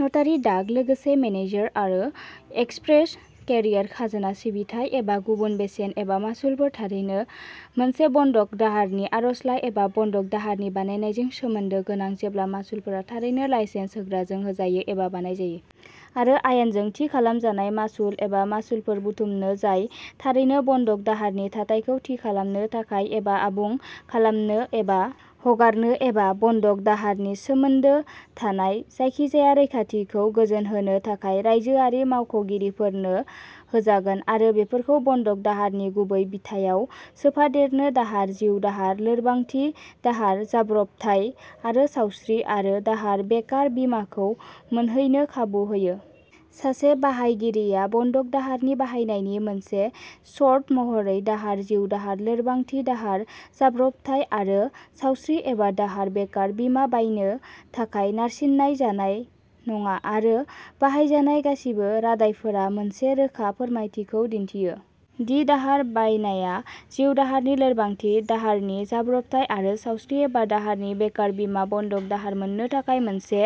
नटारि डाक लोगोसे मेसेन्जार आरो एक्सप्रेस केरियार खाजोना सिबिथाय एबा गुबुन बेसेन एबा मासुलफोर थारैनो मोनसे बन्दक दाहारनि आर'जलाइ एबा बन्दक दाहारनि बानायनायजों सोमोन्दो गोनां जेब्ला मासुलफोरा थारैनो लाइसेन्स होग्राजों होजायो एबा बाहायजायो आरो आयेनजों थि खालामजानाय मासुल एबा मासुलफोर बुथुमनो जाय थारैनो बन्दक दाहारनि थाथायखौ थि खालामनो थाखाय एबा आबुं खालामनो एबा हगारनो एबा बन्दक दाहारनि सोमोन्दो थानाय जायखिजाया रैखाथिखौ गोजोनहोनो थाखाय रायजोआरि मावख'गिरिफोरनो होजागोन आरो बेफोरखौ बन्दक दाहारनि गुबै बिथायाव सोफादेरनो दाहार जिउ दाहार लोरबांथि दाहार जाब्रबथाय आरो सावस्रि आरो दाहार बेकार बीमाखौ मोनहैनो खाबु होनो। सासे बाहायगिरिया बन्दक दाहारनि बानायनायनि मोनसे सर्त महरै दाहार जिउ दाहार लोरबांथि दाहार जाब्र'बथाय आरो सावस्रि एबा दाहार बेकार बीमा बायनो थाखाय नारसिन जानाय नङा आरो बाहायजानाय गासिबो रादाइफोरा मोनसे रोखा फोरमायथिखौ दिन्थिगोन दि दाहार बायनाया जिउ दाहारनि लोरबांथि दाहारनि जाब्रबथाय आरो सावस्रि एबा दाहारनि बेकार बीमा बन्दक दाहार मोननो थाखाय मोनसे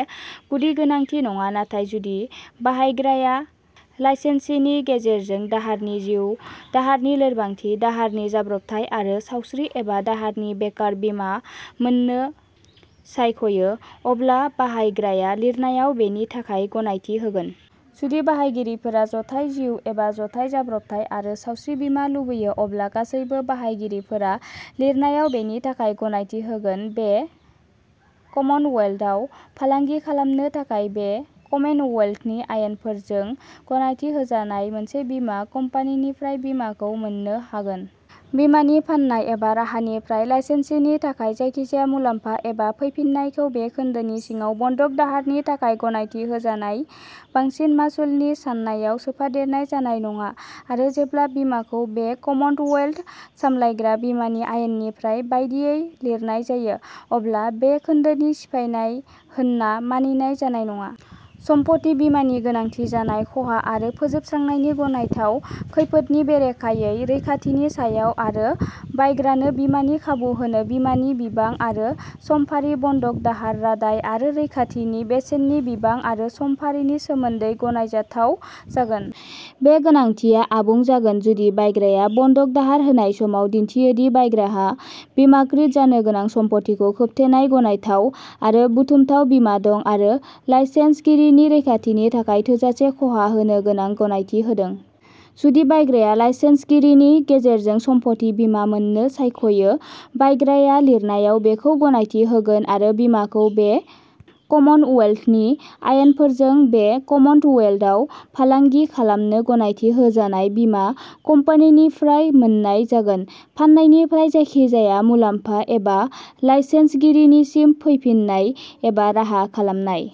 गुदि गोनांथि नङा नाथाय जुदि बाहायग्राया लाइसेन्सिनि गेजेरजों दाहारनि जिउ दाहारनि लोरबांथि दाहारनि जाब्रबथाय आरो सावस्रि एबा दाहारनि बेकार बीमा मोननो सायखयो अब्ला बाहायग्राया लिरनायाव बेनि थाखाय गनायथि होगोन। जुदि बाहायगिरिफोरा जथाय जिउ एबा जथाय जाब्रबथाय आरो सावस्रि बीमा लुबैयो अब्ला गासैबो बाहायगिरिफोरा लिरनायाव बेनि थाखाय गनायथि होगोन बे कमनवेल्थआव फालांगि खालामनो थाखाय बे कमनवेल्थनि आयेनफोरजों गनायथि होजानाय मोनसे बीमा कम्पानिनिफ्राय बीमाखौ मोन्नो हागोन। बीमानि फाननाय एबा राहानिफ्राय लाइसेन्सिनि थाखाय जायखिजाया मुलाम्फा एबा फैफिननायखौ बे खोन्दोनि सिङाव बन्दक दाहारनि थाखाय गनायथि होजानाय बांसिन मासुलनि साननायाव सोफादेरनाय जानाय नङा आरो जेब्ला बीमाखौ बे कमनवेल्थ सामलायग्रा बीमानि आयेनफोरनि बायदियै लिरनाय जायो अब्ला बे खोन्दोनि सिफायनाय होनना मानिनाय जानाय नङा। सम्पथि बीमानि गोनांथि जानाय खहा आरो फोजोबस्रांनायनि गनायथाव खैफोदनि बेरेखायै रैखाथिनि सायाव आरो बायग्रानो बीमानि खाबु होनो बीमानि बिबां आरो समफारि बन्दक दाहार रादाय आरो रैखाथिनि बेसेननि बिबां आरो समफारिनि सोमोनदै गनायथाव जागोन। बे गोनांथिया आबुं जागोन जुदि बायग्राया बन्दक दाहार होनाय समाव दिन्थियो दि बायग्राहा बीमाकृत जानो गोनां सम्पथिखौ खोबथेनाय गनायथाव आरो बुथुमथाव बीमा दं आरो लाइसेन्सगिरिनि रैखाथिनि थाखाय थोजासे खहा होनो गोनां गनायथि होदों। जुदि बायग्राया लाइसेन्सगिरिनि गेजेरजों सम्पथि बीमा मोन्नो सायखयो बायग्राया लिरनायाव बेखौ गनायथि होगोन आरो बीमाखौ बे कमनवेल्थनि आयेनफोरजों बे कमनवेल्थआव फालांगि खालामनो गनायथि होजानाय बीमा कम्पानिनिफ्राय मोन्नाय जागोन। फाननायनिफ्राय जायखिजाया मुलाम्फा एबा लाइसेन्सगिरिनिसिम फैफिन्नाय एबा राहा खालामनाय।